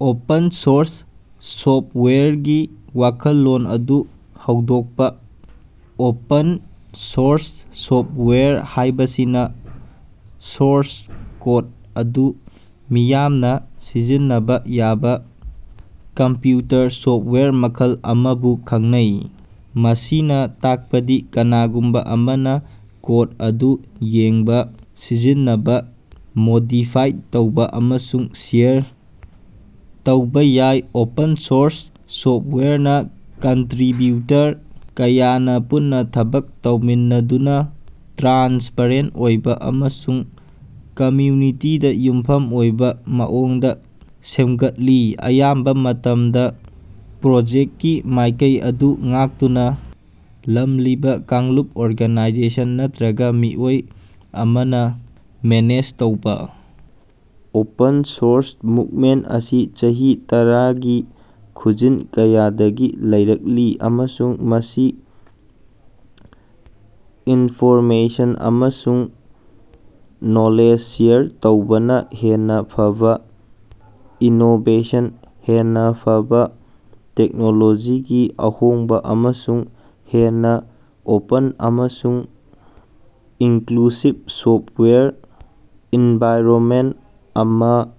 Open source ꯁꯣꯐ꯭ꯇꯋꯥꯌꯔꯒꯤ ꯋꯥꯈꯜꯂꯣꯟ ꯑꯗꯨ ꯍꯧꯗꯣꯛꯄ꯫ ꯑꯣꯄꯟ ꯁꯣꯔꯁ ꯁꯣꯐ꯭ꯇꯋꯥꯌꯔ ꯍꯥꯏꯕꯁꯤꯅ ꯁꯣꯔꯁ ꯀꯣꯗ ꯑꯗꯨ ꯃꯤꯌꯥꯝꯅ ꯁꯤꯖꯤꯟꯅꯕ ꯌꯥꯕ ꯀꯝꯄ꯭ꯌꯨꯇꯔ ꯁꯣꯐ꯭ꯇꯋꯥꯌꯔ ꯃꯈꯜ ꯑꯃꯕꯨ ꯈꯪꯅꯩ, ꯃꯁꯤꯅ ꯇꯥꯛꯄꯗꯤ ꯀꯅꯥꯒꯨꯝꯕ ꯑꯃꯅ ꯀꯣꯗ ꯑꯗꯨ ꯌꯦꯡꯕ, ꯁꯤꯖꯤꯟꯅꯕ, ꯃꯣꯗꯤꯐꯥꯏ ꯇꯧꯕ ꯑꯃꯁꯨꯡ ꯁꯦꯌꯔ ꯇꯧꯕ ꯌꯥꯏ꯫ ꯑꯣꯄꯟ ꯁꯣꯔꯁ ꯁꯣꯐ꯭ꯇꯋꯥꯌꯔ ꯅ ꯀꯟꯇꯔꯤꯕ꯭ꯌꯨꯇꯔ ꯀꯌꯥꯅ ꯄꯨꯟꯅ ꯊꯕꯛ ꯇꯧꯃꯤꯟꯅꯗꯨꯅ, ꯇ꯭ꯔꯥꯟꯁꯄꯥꯔꯦꯟꯇ ꯑꯣꯏꯕ ꯑꯃꯁꯨꯡ ꯀꯝꯃ꯭ꯌꯨꯅꯤꯇꯤꯗ ꯌꯨꯝꯐꯝ ꯑꯣꯏꯕ ꯃꯑꯣꯡꯗ ꯁꯦꯝꯒꯠꯂꯤ, ꯑꯌꯥꯝꯕ‌ ꯃꯇꯝꯗ ꯄ꯭ꯔꯣꯖꯦꯛꯇꯀꯤ ꯃꯥꯏꯀꯩ ꯑꯗꯨ ꯉꯥꯛꯇꯨꯅ ꯊꯝꯂꯤꯕ ꯀꯥꯡꯂꯨꯞ, ꯑꯣꯔꯒꯥꯅꯥꯏꯖꯦꯁꯟ ꯅꯠꯇꯔꯒ ꯃꯤꯑꯣꯏ ꯑꯃꯅ ꯃꯦꯅꯦꯖ ꯇꯧꯏ꯫ ꯑꯣꯄꯟ ꯁꯣꯔꯁ ꯃꯨꯕꯃꯦꯟꯇ ꯑꯁꯤ ꯆꯍꯤ ꯇꯔꯥꯒꯤ ꯈꯨꯖꯤꯡ ꯀꯌꯥꯗꯒꯤ ꯂꯩꯔꯛꯂꯤ ꯑꯃꯁꯨꯡ ꯃꯁꯤ ꯏꯟꯐꯣꯔꯃꯦꯁꯟ ꯑꯃꯁꯨꯡ ꯅꯣꯂꯦꯖ ꯁꯦꯌꯔ ꯇꯧꯕꯅ ꯍꯦꯟꯅ ꯐꯕꯥ ꯏꯅꯣꯕꯦꯁꯟ, ꯍꯦꯟꯅ ꯐꯕꯥ ꯇꯦꯛꯅꯣꯂꯣꯖꯤꯒꯤ ꯑꯍꯣꯡꯕ, ꯑꯃꯁꯨꯡ ꯍꯦꯟꯅ ꯑꯣꯄꯟ ꯑꯃꯁꯨꯡ ꯏꯟꯀ꯭ꯂꯨꯁꯤꯕ ꯁꯣꯐ꯭ꯇꯋꯦꯌꯔ ꯑꯦꯟꯚꯥꯏꯔꯟꯃꯦꯟꯇ ꯑꯃ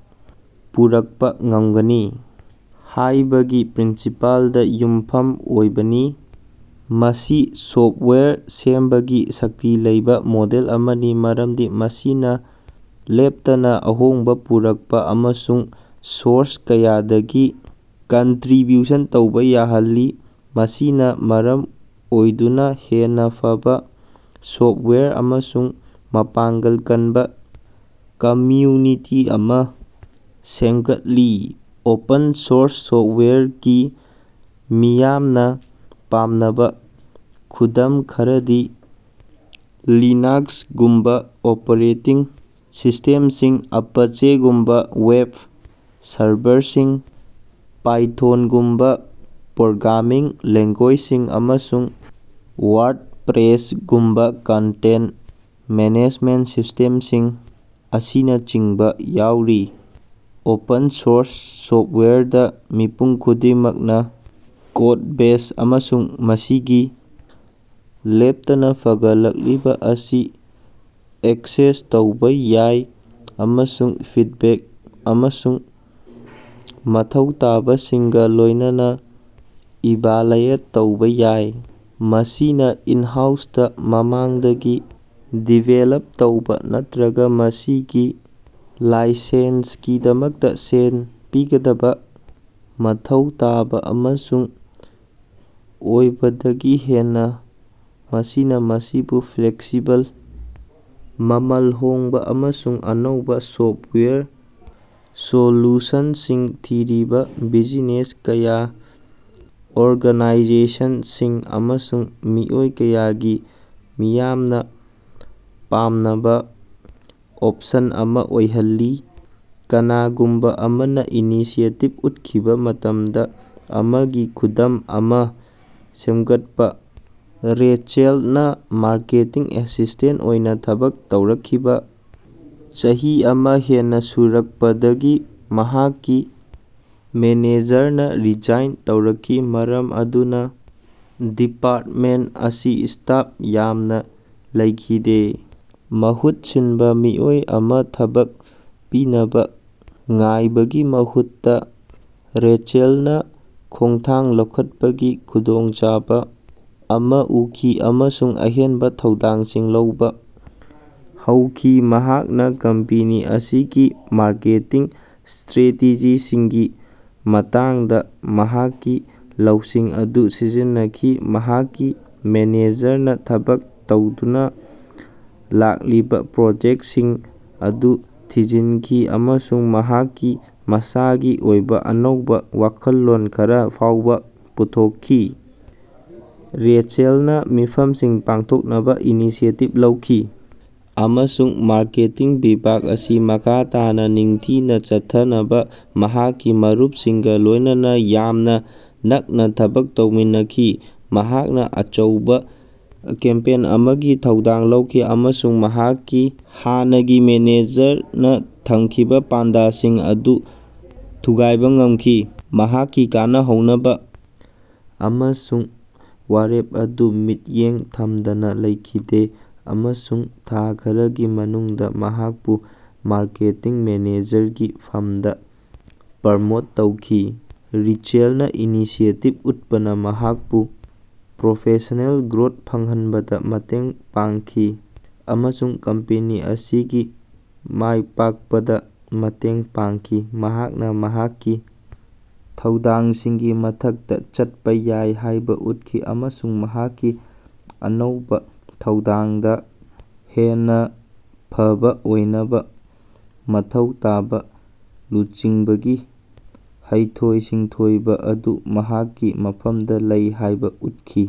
ꯄꯨꯔꯛꯄ ꯉꯝꯒꯅꯤ ꯍꯥꯏꯕꯒꯤ ꯄ꯭ꯔꯤꯟꯁꯤꯄꯜꯗ ꯌꯨꯝꯐꯝ ꯑꯣꯏꯕꯅꯤ꯫ ꯃꯁꯤ ꯁꯣꯐ꯭ꯇꯋꯥꯌꯔ ꯁꯦꯝꯕꯒꯤ ꯁꯛꯇꯤ ꯂꯩꯕ ꯃꯣꯗꯦꯜ ꯑꯃꯅꯤ ꯃꯔꯝꯗꯤ ꯃꯁꯤꯅ ꯂꯦꯞꯇꯅ ꯑꯍꯣꯡꯕ ꯄꯨꯔꯛꯄ ꯑꯃꯁꯨꯡ ꯁꯣꯔꯁ ꯀꯌꯥꯗꯒꯤ ꯀꯟꯇ꯭ꯔꯤꯕ꯭ꯌꯨꯁꯟ ꯇꯧꯕ ꯌꯥꯍꯜꯂꯤ, ꯃꯁꯤꯅ ꯃꯔꯝ ꯑꯣꯏꯗꯨꯅ ꯍꯦꯟꯅ ꯐꯕꯥ ꯁꯣꯐ꯭ꯇꯋꯥꯌꯔ ꯑꯃꯁꯨꯡ ꯃꯄꯥꯡꯒꯜ ꯀꯟꯕ ꯀꯝꯃ꯭ꯌꯨꯅꯤꯇꯤ ꯑꯃ ꯁꯦꯝꯒꯠꯂꯤ꯫ ꯑꯣꯄꯟ ꯁꯣꯔꯁ ꯁꯣꯐ꯭ꯇꯋꯥꯌꯔ ꯀꯤ ꯃꯤꯌꯥꯝꯅ ꯄꯥꯝꯅꯕ ꯈꯨꯗꯝ ꯈꯔꯗꯤ ꯂꯤꯅꯥꯛꯁꯒꯨꯝꯕ ꯑꯣꯄꯔꯦꯇꯤꯡ ꯁꯤꯁ꯭ꯇꯦꯝꯁꯤꯡ, ꯑꯄꯥꯆꯦꯒꯨꯝꯕ ꯋꯦꯕ ꯁꯔꯚꯔꯁꯤꯡ, ꯄꯥꯏꯊꯣꯟꯒꯨꯝꯕ ꯄ꯭ꯔꯣꯒ꯭ꯔꯥꯃꯤꯡ ꯂꯦꯡꯒꯨ꯭ꯌꯦꯖꯁꯤꯡ, ꯑꯃꯁꯨꯡ ꯋꯥꯔ꯭ꯗꯄꯔꯦꯁꯒꯨꯝꯕ ꯀꯟꯇꯦꯟꯇ ꯃꯦꯅꯦꯖꯃꯦꯟꯇ ꯁꯤꯁ꯭ꯇꯦꯝꯁꯤꯡ ꯑꯁꯤꯅꯆꯤꯡꯕ ꯌꯥꯎꯔꯤ꯫ ꯑꯣꯄꯟ ꯁꯣꯔꯁ ꯁꯣꯐ꯭ꯇꯋꯥꯌꯔꯗ, ꯃꯤꯄꯨꯝ ꯈꯨꯗꯤꯡꯃꯛꯅ ꯀꯣꯗꯕꯦꯖ ꯑꯃꯁꯨꯡ ꯃꯁꯤꯒꯤ ꯂꯦꯞꯇꯅ ꯐꯒꯠꯂꯛꯂꯤꯕ ꯑꯁꯤ ꯑꯦꯛꯁꯦꯁ ꯇꯧꯕ ꯌꯥꯏ ꯑꯃꯁꯨꯡ ꯐꯤꯗꯕꯦꯛ ꯑꯃꯁꯨꯡ ꯃꯊꯧ ꯇꯥꯕꯁꯤꯡꯒ ꯂꯣꯏꯅꯅ ꯏꯚꯥꯂ꯭ꯌꯦꯠ ꯇꯧꯕ ꯌꯥꯏ, ꯃꯁꯤꯅ ꯏꯟ-ꯍꯥꯎꯁꯇ ꯃꯃꯥꯡꯗꯒꯤ ꯗꯤꯕꯦꯂꯞ ꯇꯧꯕ ꯅꯠꯇꯔꯒ ꯃꯁꯤꯒꯤ ꯂꯥꯏꯁꯦꯟꯁꯀꯤꯗꯃꯛꯇ ꯁꯦꯜ ꯄꯤꯒꯗꯕ ꯃꯊꯧ ꯇꯥꯕ ꯑꯃ ꯑꯣꯏꯕꯗꯒꯤ ꯍꯦꯟꯅ꯫ ꯃꯁꯤꯅ ꯃꯁꯤꯕꯨ ꯐ꯭ꯂꯦꯛꯁꯤꯕꯜ, ꯃꯃꯜ ꯍꯣꯡꯕ, ꯑꯃꯁꯨꯡ ꯑꯅꯧꯕ ꯁꯣꯐ꯭ꯇꯋꯥꯌꯔ ꯁꯣꯂ꯭ꯌꯨꯁꯟꯁꯤꯡ ꯊꯤꯔꯤꯕ ꯕꯤꯖꯤꯅꯦꯁ ꯀꯌꯥ, ꯑꯣꯔꯒꯥꯅꯥꯏꯖꯦꯁꯟꯁꯤꯡ, ꯑꯃꯁꯨꯡ ꯃꯤꯑꯣꯏ ꯀꯌꯥꯒꯤ ꯃꯤꯌꯥꯝꯅ ꯄꯥꯝꯅꯕ ꯑꯣꯞꯁꯟ ꯑꯃ ꯑꯣꯏꯍꯜꯂꯤ꯫ ꯀꯅꯥꯒꯨꯝꯕ ꯑꯃꯅ ꯏꯅꯤꯁꯤꯌꯦꯇꯤꯕ ꯎꯠꯈꯤꯕ ꯃꯇꯝ ꯑꯃꯒꯤ ꯈꯨꯗꯝ ꯑꯃ ꯁꯦꯝꯒꯠꯄ꯫ ꯔꯦꯆꯦꯜꯅ ꯃꯥꯔꯀꯦꯇꯤꯡ ꯑꯦꯁꯤꯁ꯭ꯇꯦꯟꯇ ꯑꯣꯏꯅ ꯊꯕꯛ ꯇꯧꯔꯛꯈꯤꯕ ꯆꯍꯤ ꯑꯃ ꯍꯦꯟꯅ ꯁꯨꯔꯛꯄꯗꯒꯤ ꯃꯍꯥꯛꯀꯤ ꯃꯦꯅꯦꯖꯔꯅ ꯔꯤꯖꯥꯏꯟ ꯇꯧꯔꯛꯈꯤ, ꯃꯔꯝ ꯑꯗꯨꯅ ꯗꯤꯄꯥꯔꯇꯃꯦꯟꯇ ꯑꯁꯤ ꯁ꯭ꯇꯥꯐ ꯌꯥꯝꯅ ꯂꯩꯈꯤꯗꯦ꯫ ꯃꯍꯨꯠ ꯁꯤꯟꯕ ꯃꯤꯑꯣꯏ ꯑꯃꯥ ꯊꯕꯛ ꯄꯤꯅꯕ ꯉꯥꯏꯕꯒꯤ ꯃꯍꯨꯠꯇ ꯔꯦꯆꯦꯜꯅ ꯈꯣꯡꯊꯥꯡ ꯂꯧꯈꯠꯄꯒꯤ ꯈꯨꯗꯣꯡꯆꯥꯕ ꯑꯃ ꯎꯈꯤ ꯑꯃꯁꯨꯡ ꯑꯍꯦꯟꯕ ꯊꯧꯗꯥꯡꯁꯤꯡ ꯂꯧꯕ ꯍꯧꯈꯤ꯫ ꯃꯍꯥꯛꯅ ꯀꯝꯄꯦꯅꯤ ꯑꯁꯤꯒꯤ ꯃꯥꯔꯀꯦꯇꯤꯡ ꯁ꯭ꯇꯔꯦꯇꯦꯖꯤꯁꯤꯡꯒꯤ ꯃꯇꯥꯡꯗ ꯃꯍꯥꯛꯀꯤ ꯂꯧꯁꯤꯡ ꯑꯗꯨ ꯁꯤꯖꯤꯟꯅꯈꯤ, ꯃꯍꯥꯛꯀꯤ ꯃꯦꯅꯦꯖꯔꯅ ꯊꯕꯛ ꯇꯧꯗꯨꯅ ꯂꯥꯛꯂꯤꯕ‌ ꯄ꯭ꯔꯣꯖꯦꯛꯇꯁꯤꯡ ꯑꯗꯨ ꯊꯤꯖꯤꯟꯈꯤ ꯑꯃꯁꯨꯡ ꯃꯍꯥꯛꯀꯤ ꯃꯁꯥꯒꯤ ꯑꯣꯏꯕ‌ ꯑꯅꯧꯕ ꯋꯥꯈꯜꯂꯣꯟ ꯈꯔ ꯐꯥꯎꯕ ꯄꯨꯊꯣꯛꯈꯤ꯫ ꯔꯦꯆꯦꯜꯅ ꯃꯤꯐꯝꯁꯤꯡ ꯄꯥꯡꯊꯣꯛꯅꯕ ꯏꯅꯤꯁꯤꯌꯦꯇꯤꯕ ꯂꯧꯈꯤ ꯑꯃꯁꯨꯡ ꯃꯥꯔꯀꯦꯇꯤꯡ ꯕꯤꯚꯥꯒ ꯑꯁꯤ ꯃꯈꯥ ꯇꯥꯅ ꯅꯤꯡꯊꯤꯅ ꯆꯠꯊꯅꯕ ꯃꯍꯥꯛꯀꯤ ꯃꯔꯨꯞꯁꯤꯡꯒ ꯂꯣꯏꯅꯅ ꯌꯥꯝꯅ ꯅꯛꯅ ꯊꯕꯛ ꯇꯧꯃꯤꯟꯅꯈꯤ꯫ ꯃꯍꯥꯛꯅ ꯑꯆꯧꯕ ꯀꯦꯝꯄꯦꯟ ꯑꯃꯒꯤ ꯊꯧꯗꯥꯡ ꯂꯧꯈꯤ ꯑꯃꯁꯨꯡ ꯃꯍꯥꯛꯀꯤ ꯍꯥꯟꯅꯒꯤ ꯃꯦꯅꯦꯖꯔꯅ ꯊꯝꯈꯤꯕ‌ ꯄꯥꯟꯗꯁꯤꯡ ꯑꯗꯨ ꯊꯨꯒꯥꯏꯕ ꯉꯝꯈꯤ꯫ ꯃꯍꯥꯛꯀꯤ ꯀꯟꯅꯥ ꯍꯧꯅꯕꯥ ꯑꯃꯁꯨꯡ ꯋꯥꯔꯦꯞ ꯑꯗꯨ ꯃꯤꯠꯌꯦꯡ ꯊꯝꯗꯅꯥ ꯂꯩꯈꯤꯗꯦ, ꯑꯃꯁꯨꯡ ꯊꯥ ꯈꯔꯒꯤ ꯃꯅꯨꯡꯗꯥ ꯃꯍꯥꯛꯄꯨ ꯃꯥꯔꯀꯦꯇꯤꯡ ꯃꯦꯅꯦꯖꯔꯒꯤ ꯐꯝꯗ ꯄ꯭ꯔꯣꯃꯣꯠ ꯇꯧꯈꯤ꯫ ꯔꯦꯆꯦꯜꯅ ꯏꯅꯤꯁꯤꯌꯦꯇꯤꯕ ꯎꯠꯄꯅ ꯃꯍꯥꯛꯄꯨ ꯄ꯭ꯔꯣꯐꯦꯁ꯭ꯅꯦꯜ ꯒ꯭ꯔꯣꯊ ꯐꯪꯍꯟꯕꯗ ꯃꯇꯦꯡ ꯄꯥꯡꯈꯤ, ꯑꯃꯁꯨꯡ ꯀꯝꯄꯦꯅꯤ ꯑꯁꯤꯒꯤ ꯃꯥꯏꯄꯥꯛꯄꯗ ꯃꯇꯦꯡ ꯄꯥꯡꯈꯤ꯫ ꯃꯍꯥꯛꯅ ꯃꯍꯥꯛꯀꯤ ꯊꯧꯗꯥꯡꯁꯤꯡꯒꯤ ꯃꯊꯛꯇ ꯆꯠꯄ ꯌꯥꯏ ꯍꯥꯏꯕ ꯎꯠꯈꯤ, ꯑꯃꯁꯨꯡ ꯃꯍꯥꯛꯀꯤ ꯑꯅꯧꯕ ꯊꯧꯗꯥꯡꯗ ꯍꯦꯟꯅ ꯐꯕꯥ ꯑꯣꯏꯅꯕ ꯃꯊꯧ ꯇꯥꯕ ꯂꯨꯆꯤꯡꯕꯒꯤ ꯍꯩꯊꯣꯏ-ꯁꯤꯡꯊꯣꯏꯕ ꯑꯗꯨ ꯃꯍꯥꯛꯀꯤ ꯃꯐꯝꯗ ꯂꯩ ꯍꯥꯏꯕ ꯎꯠꯈꯤ꯫